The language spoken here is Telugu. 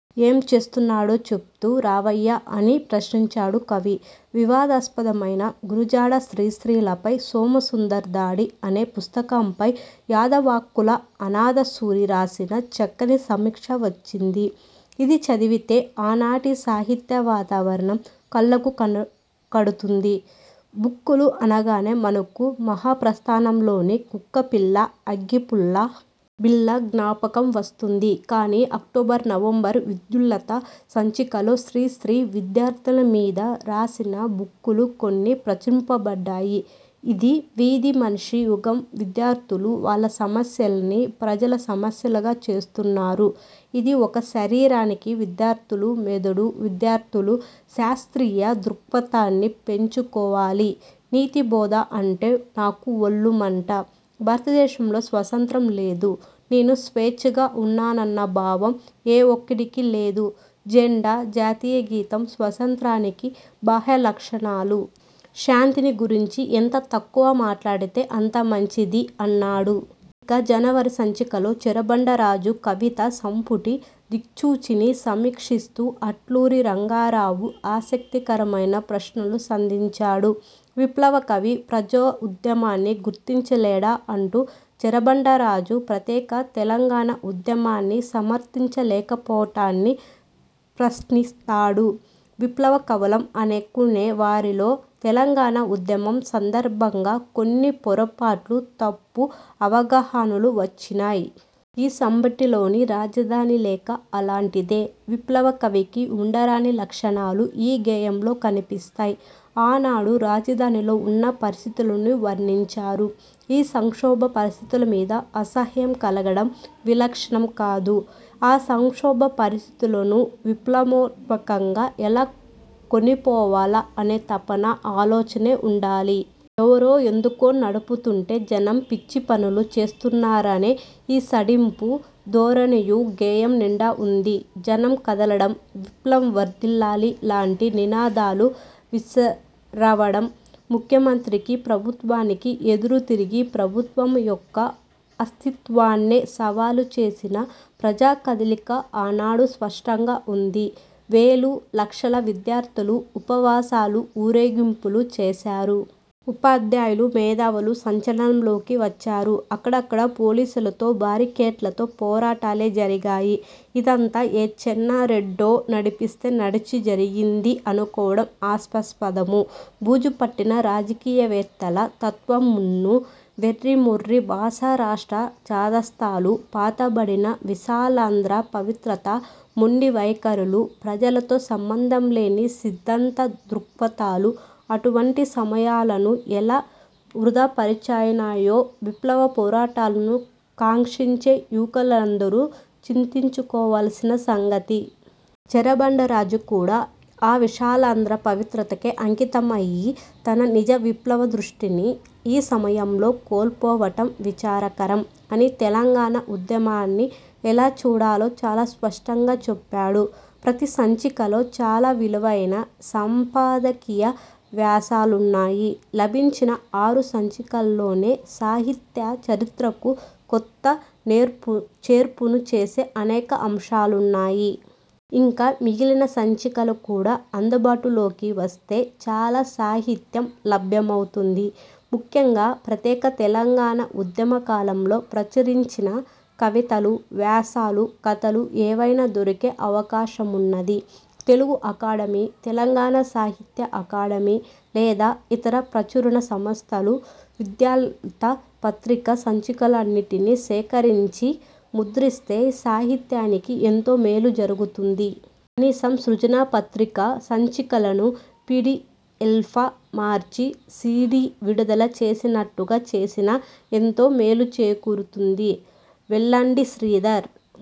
యేం చేస్తున్నాడో చెబ్దూ రావయ్యా'' అని ప్రశ్నించాడు కవి. వివాదాస్పదమైన 'గురజాడ శ్రీశ్రీలపై సోమసుందర్ దాడి' అనే పుస్తకంపై యధావాక్కుల అనాధసూరి రాసిన చక్కని సమీక్ష వచ్చింది. ఇది చదివితే ఆనాటి సాహిత్య వాతావరణం కళ్లకు కడుతుంది. ఋక్కులు అనగానే మనకు 'మహాప్రస్థానం'లోని ''కుక్కపిల్లా/ అగ్గిపుల్లా ్బుబిళ్లా'' జ్ఞాపకం వస్తుంది కాని అక్టోబరు నవంబర్ విద్యుల్లత సంచికలో శ్రీశ్రీ విద్యార్థుల మీద రాసిన ఋక్కులు కొన్ని ప్రచురింపబడ్డాయి: ''ఇది వీధి మనిషి యుగంవిద్యార్థులు వాళ్ల సమస్యల్ని ప్రజల సమస్యలుగా చేస్తున్నారు ఇది ఒక శరీరానికి విద్యార్థులు మెదడు విద్యార్థులు శాస్త్రీయ దృక్పథాన్ని పెంచుకోవాలినీతిబోధ అంటే నాకు ఒళ్లు మంటభారతదేశంలో స్వాతంత్య్రం లేదు నేను ేస్వచ్ఛగా ఉన్నానన్న భావం ఏ ఒక్కడికీ లేదుజెండా, జాతీయగీతం స్వాతంత్ర్యానికి బాహ్యలక్షణాలు శాంతిని గురించి ఎంత తక్కువ మాట్లాడితే అంత మంచిది'' అంన్నడు. ఇక జనవరి సంచికలో చెరబండరాజు కవితా సంపుటి 'దిక్సూచి'ని సమీక్షిస్తూ అట్లూరి రంగారావు ఆసక్తికరమైన ప్రశ్నలు సంధించాడు. 'విప్లవ కవి ప్రజోద్యమాన్ని గుర్తించలేడా? ' అంటూ చెరబండరాజు ప్రత్యేక తెలంగాణ ఉద్యమాన్ని సమర్థించకపోవటాన్ని ప్రశ్నిస్తాడు. ''విప్లవ కవులం అనుకునే వారిలో తెలంగాణ ఉద్యమం సందర్భంగా కొన్ని పొరపాట్లు తప్పు అవగాహనలూ వచ్చినయ్. ఈ సంబటిలోని 'రాజధాని లేఖ' అలాంటిదే. విప్లవ కవికి ఉండరాని లక్షణాలు ఈ గేయంలో కనిపిస్తయ్. ఆనాడు రాజధానిలో ఉన్న పరిస్థితులను వర్ణించారు. ఆ సంక్షోభ పరిస్థితుల మీద అసహ్యం కలగటం విలక్షణం కాదు. ఆ సంక్షోభ పరిస్థితులను విప్లవోన్ముఖంగా ఎలా కొనిపోవాలా అనే తపన, ఆలోచనే ఉండాలి. ఎవరో ఎందుకో నడుపుతుంటే జనం పిచ్చిపనులు చేస్తున్నారనే ఈసడింపు ధోరణియూ గేయం నిండా వుంది. జనం కదలటం, విప్లవం వర్థిల్లాలి లాంటి నినాదాలు వినరావటం ముఖ్యమంత్రికీ ప్రభుత్వానికీ ఎదురు తిరిగి ప్రభుత్వం యొక్క అస్తిత్వాన్నే సవాలు చేసిన ప్రజా కదలిక ఆనాడు స్పష్టంగా ఉంది. వేలు, లక్షల విద్యార్థులు ఉపవాసాలు, ఊరేగింపులు చేశారు. ఉపాధ్యాయులు, మేధావులు సంచలనంలోకి వచ్చారు. అక్కడక్కడ పోలీసులతో, బారికేడ్లతో పోరాటాలే జరిగాయిఇదంతా ఏ చెన్నారెడ్డో నడిపిస్తే నడిచి జరిగింది అనుకోవటం హాస్యాస్పదమూ, బూజు పట్టిన రాజకీయ వేత్తల తత్త్వ మున్నూ. వెర్రిమొర్రి భాషారాష్ట్ర ఛాదస్తాలూ, పాతబడిన విశాలాంధ్ర పవిత్రతా మొండి వైఖరులూ, ప్రజలతో సంబంధంలేని సిద్థాంత దృక్పథాలూ, అటువంటి సమయా లను ఎలా వృథాపరిచినయ్యో విప్లవ పోరాటాలను కాంక్షించే యువకులందరూ చింతించుకోవాల్సిన సంగతి. చెరబండరాజు కూడా ఆ విశాలాంధ్ర పవిత్రతకే అంకితం అయి తన నిజ విప్లవ దృష్టిని ఈ సమయంలో కోల్పోవటం విచారకరం'' అని తెలంగాణ ఉద్యమాన్ని ఎలా చూడాలో చాలా స్పష్టంగా చెప్పాడు. ప్రతి సంచికలో చాలా విలువైన సంపాదకీయ వ్యాసాలున్నాయి. లభించిన ఆరు సంచికల్లోనే సాహిత్య చరిత్రకు కొత్త చేర్పును చేసే అనేక అంశాలున్నాయి. ఇంకా మిగిలిన సంచికలు కూడా అందుబాటు లోకి వస్తే చాల సాహిత్యం లభ్యమవుతుంది. ముఖ్యంగా ప్రత్యేక తెలంగాణ ఉద్యమ కాలంలో ప్రచురించిన కవితలు, వ్యాసాలు, కథలు ఏమైనా దొరికే అవకాశమున్నది. తెలుగు అకాడమీ, తెలంగాణ సాహిత్య అకాడమీ లేదా ఇతర ప్రచురణ సంస్థలు విద్యుల్లత పత్రిక సంచికలన్నింటినీ సేకరించి ముద్రిస్తే సాహిత్యానికి ఎంతో మేలు జరుగుతుంది. కనీసం సృజన పత్రిక సంచికలను పిడిఎఫ్గా మార్చి సీడీ విడుదల చేసినట్లుగా చేసినా ఎంతో మేలు చేకూరుతుంది. వెల్దండి శ్రీధర్।